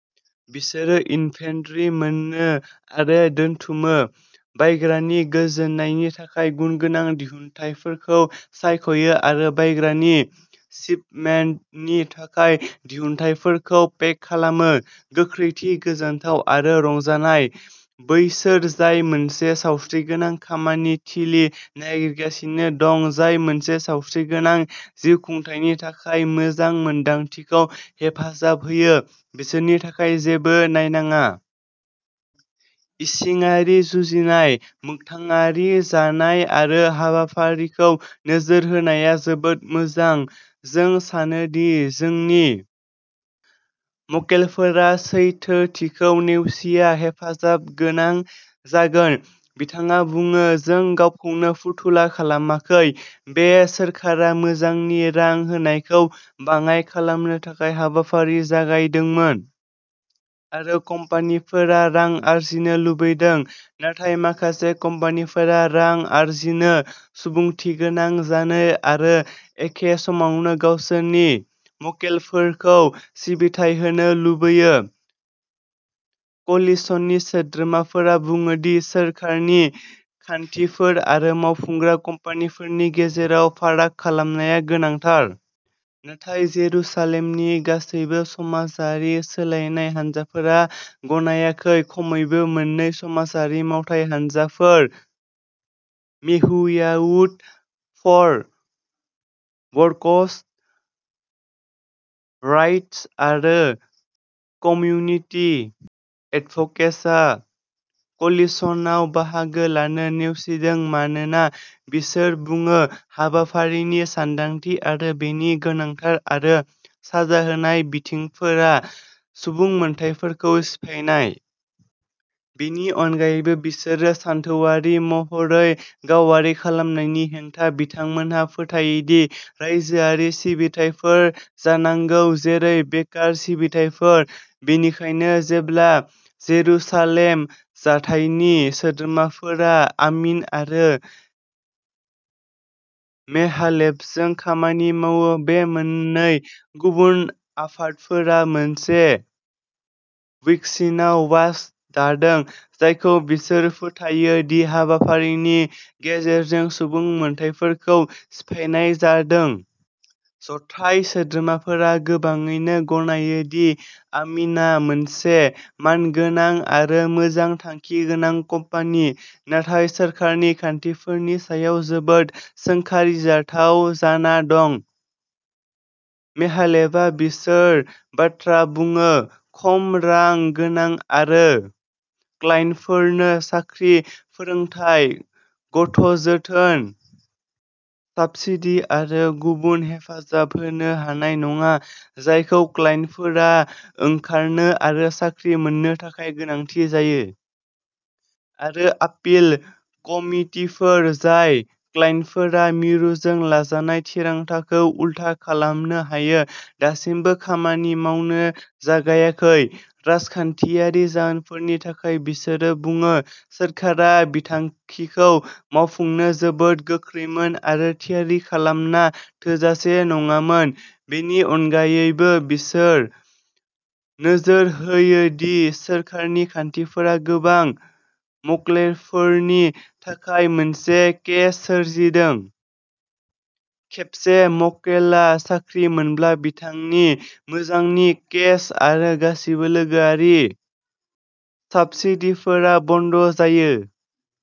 बिसोरो इनभेन्टरि मोनो आरो दोनथुमो, बायग्रानि गोजोननायनि थाखाय गुनगोनां दिहुनथायफोरखौ सायख'यो, आरो बायग्रानि शिपमेन्टनि थाखाय दिहुनथायफोरखौ पेक खालामो। गोख्रैथि, गोजोनथाव, आरो रंजानाय! बैसोर जाय मोनसे सावस्रिगोनां खामानि थिलि नागिरगासिनो दं जाय मोनसे सावस्रिगोनां जिउखुंथायनि थाखाय मोजां मोन्दांथिखौ हेफाजाब होयो, बिसोरनि थाखाय जेबो नायनाङा। इसिङारि जुजिनाय, मोगथाङारि जानाय आरो हाबाफारिखौ नोजोर होनाया जोबोद मोजां। जों सानो दि जोंनि मक्केलफोरा सैथोथिखौ नेवसिनाया हेफाजाब गोनां जागोन। "बिथाङा बुङो," जों गावखौनो फुथुला खालामाखै। बे सोरखारा मोजांनि रां होनायखौ बाङाइ खालामनो थाखाय हाबाफारि जागायदोंमोन। आरो कम्पानिफोरा रां आर्जिनो लुबैदों। नाथाय माखासे कम्पानिफोरा रां आर्जिनो, सुबुंथिगोनां जानो आरो एखे समावनो गावसोरनि मक्केलफोरखौ सिबिथाइ होनो लुबैयो। "क'लिशननि सोद्रोमाफोरा बुङो दि सोरखारनि खान्थिफोर आरो मावफुंग्रा कम्पानिफोरनि गेजेराव फाराग खालामनाया गोनांथार। नाथाय जेरुसालेमनि गासैबो समाजारि सोलायनाय हानजाफोरा गनायाखै। खमैबो मोन्नै समाजारि मावथाय हानजाफोर, मेहुयावुत फर वर्कर्स राइटस, आरो कमिउनिटि एडभकेसिआ क'लिशनआव बाहागो लानो नेवसिदों, मानोना, बिसोर बुङो, हाबाफारिनि सानदांथि आरो बेनि गोनांथार आरो साजा होनाय बिथिंफोरा सुबुं मोनथायफोरखौ सिफायनाय। बेनि अनगायैबो, बिसोरो सानथौआरि महरै गावारि खालामनायनि हेंथा। बिथांमोनहा फोथायोदि रायजोआरि सिबिथायफोर जानांगौ, जेरै बेकार सिबिथायफोर। बेनिखायनो जेब्ला जेरुसालेम जथाइनि सोद्रोमाफोरा आमिन आरो मेहालेभजों खामानि मावो, बे मोननै गुबुन आफादफोरा मोनसे "विस्कन्सिन वाच" दादों जायखौ बिसोर फोथायो दि हाबाफारिनि गेजेरजों सुबुं मोनथायफोरखौ सिफायनाय जादों। जथाइ सोद्रोमाफोरा गोबाङैनो गनायो दि आमिनआ मोनसे मानगोनां आरो मोजां थांखि गोनां कम्पानि, नाथाय सोरखारनि खान्थिफोरनि सायाव जोबोद सोंखारिजाथाव जाना दं। मेहालेभआ, बिसोर बाथ्रा बुङो, खम रां गोनां आरो क्लाइन्टफोरनो साख्रि फोरोंथाय, गथ'जोथोन साब्सिडी आरो गुबुन हेफाजाब होनो हानाय नङा, जायखौ क्लाइन्टफोरा ओंखारनो आरो साख्रि मोन्नो थाखाय गोनांथि जायो। आरो आपिल कमिटिफोर, जाय क्लाइन्टफोरा मिरुफोरजों लाजानाय थिरांथाखौ उलथा खालामनो हायो, दासिमबो खामानि मावनो जागायाखै। राजखान्थियारि जाहोनफोरनि थाखाय, बिसोरो बुङो, सोरखारा बिथांखिखौ मावफुंनो जोबोद गोख्रैमोन, आरो थियारि खालामनाया थोजासे नङामोन। बेनि अनगायैबो, बिसोर नोजोर होयो दि, सोरखारनि खान्थिफोरा गोबां मक्केलफोरनि थाखाय मोनसे केच- सोरजिदों। खेबसे मक्केलआ साख्रि मोनब्ला, बिथांनि मोजांनि चेक आरो गासिबो लोगोआरि साब्सिडीफोरा बन्द जायो।